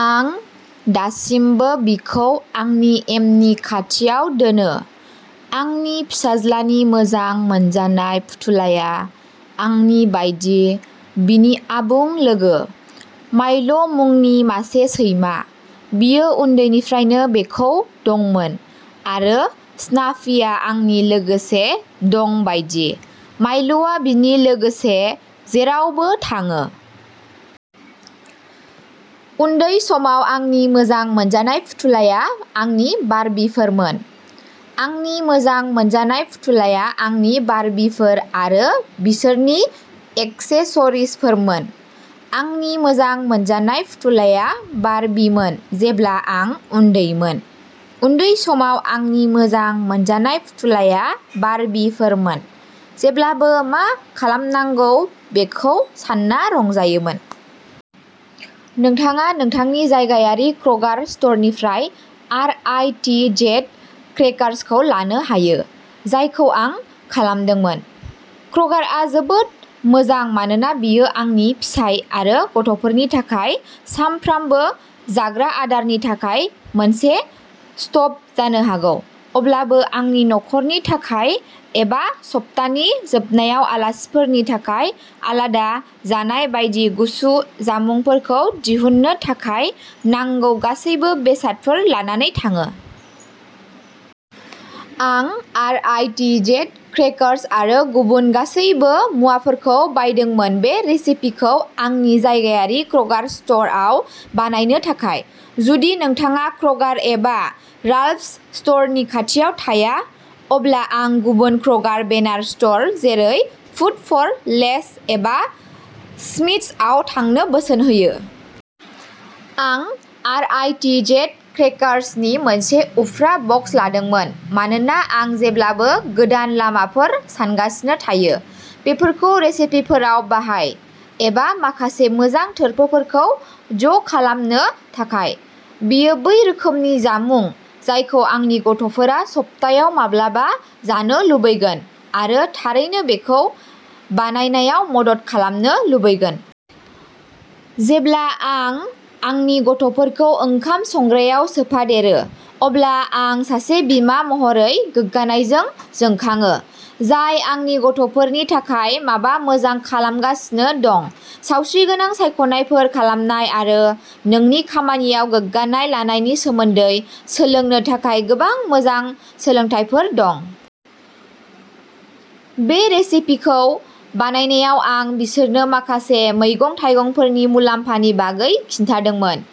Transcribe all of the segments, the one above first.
आं दासिमबो बिखौ आंनि एमनि खाथियाव दोनो। आंनि फिसाज्लानि मोजां मोनजानाय फुथुलाया, आंनि बायदि, बिनि आबुं लोगो। मायल'मुंनि मासे सैमा। बियो उन्दैनिफ्रायनो बेखौ दंमोन, आरो स्नाफीआ आंनि लोगोसे दं बायदि, मायल'आ बिनि लोगोसे जेरावबो थाङो। उन्दै समाव आंनि मोजां मोनजानाय फुथुलाया आंनि बार्बीफोरमोन। आंनि मोजां मोनजानाय फुथुलाया आंनि बार्बीफोर आरो बिसोरनि एक्सेसरिजफोरमोन! आंनि मोजां मोनजानाय फुथुलाया बार्बीमोन जेब्ला आं उन्दैमोन। उन्दै समाव आंनि मोजां मोनजानाय फुथुलाया बार्बीफोरमोन। जेब्लाबो मा खालामनांगौ बेखौ सानना रंजानायमोन। नोंथाङा नोंथांनि जायगायारि क्र'गार स्ट'रनिफ्राय आर. आइ. टि. जेड. क्रेकार्सखौ लानो हायो, जायखौ आं खालामदोंमोन। क्र'गारआ जोबोद मोजां मानोना बेयो आंनि फिसाय आरो गथ'फोरनि थाखाय सानफ्रामबो जाग्रा आदारनि थाखाय मोनसे स्टप जानो हागौ, अब्लाबो आंनि नख'रनि थाखाय एबा सप्तानि जोबनायाव आलासिफोरनि थाखाय आलादा जानाय बायदि गुसु जामुंफोरखौ दिहुननो थाखाय नांगौ गासैबो बेसादफोर लानानै थाङो। आं R. I. T. Z. Crackers आरो गुबुन गासैबो मुवाफोरखौ बायदोंमोन बे रेसिपिखौ आंनि जायगायारि क्र'गार स्ट'र आव बानायनो थाखाय। जुदि नोंथाङा क्र'गार एबा राल्फ्स स्ट'रनि खाथियाव थाया, अब्ला आं गुबुन क्र'गार बेनार स्ट'र जेरै फुड फर लेस एबा स्मिथ्सआव थांनो बोसोन होयो। आं आर. आइ. टि. जेड. क्रेकार्सनि मोनसे उफ्रा बक्स लादोंमोन मानोना आं जेब्लाबो गोदान लामाफोर सानगासिनो थायो। बेफोरखौ रेसिपिफोराव बाहाय, एबा माखासे मोजां थोरफोफोरखौ ज'खालामनो थाखाय। बेयो बै रोखोमनि जामुं जायखौ आंनि गथ'फोरा सप्तायाव माब्लाबा जानो लुबैगोन, आरो थारैनो बेखौ बानायनायाव मदद खालामनो लुबैगोन। जेब्ला आं आंनि गथ'फोरखौ ओंखाम संग्रायाव सोफादेरो, अब्ला आं सासे बिमा महरै गोग्गानायजों जोंखाङो, जाय आंनि गथ'फोरनि थाखाय माबा मोजां खालामगासिनो दं। सावस्रिगोनां सायख'नायफोर खालामनाय आरो नोंनि खामानियाव गोग्गानाय लानायनि सोमोन्दै सोलोंनो थाखाय गोबां मोजां सोलोंथायफोर दं। बे रेसिपिखौ बानायनायाव आं बिसोरनो माखासे मैगं-थाइगंफोरनि मुलाम्फानि बागै खिन्थादोंमोन,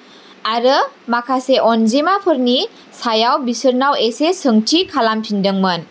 आरो माखासे अनजिमाफोरनि सायाव बिसोरनाव एसे सोंथि खालामफिनदोंमोन।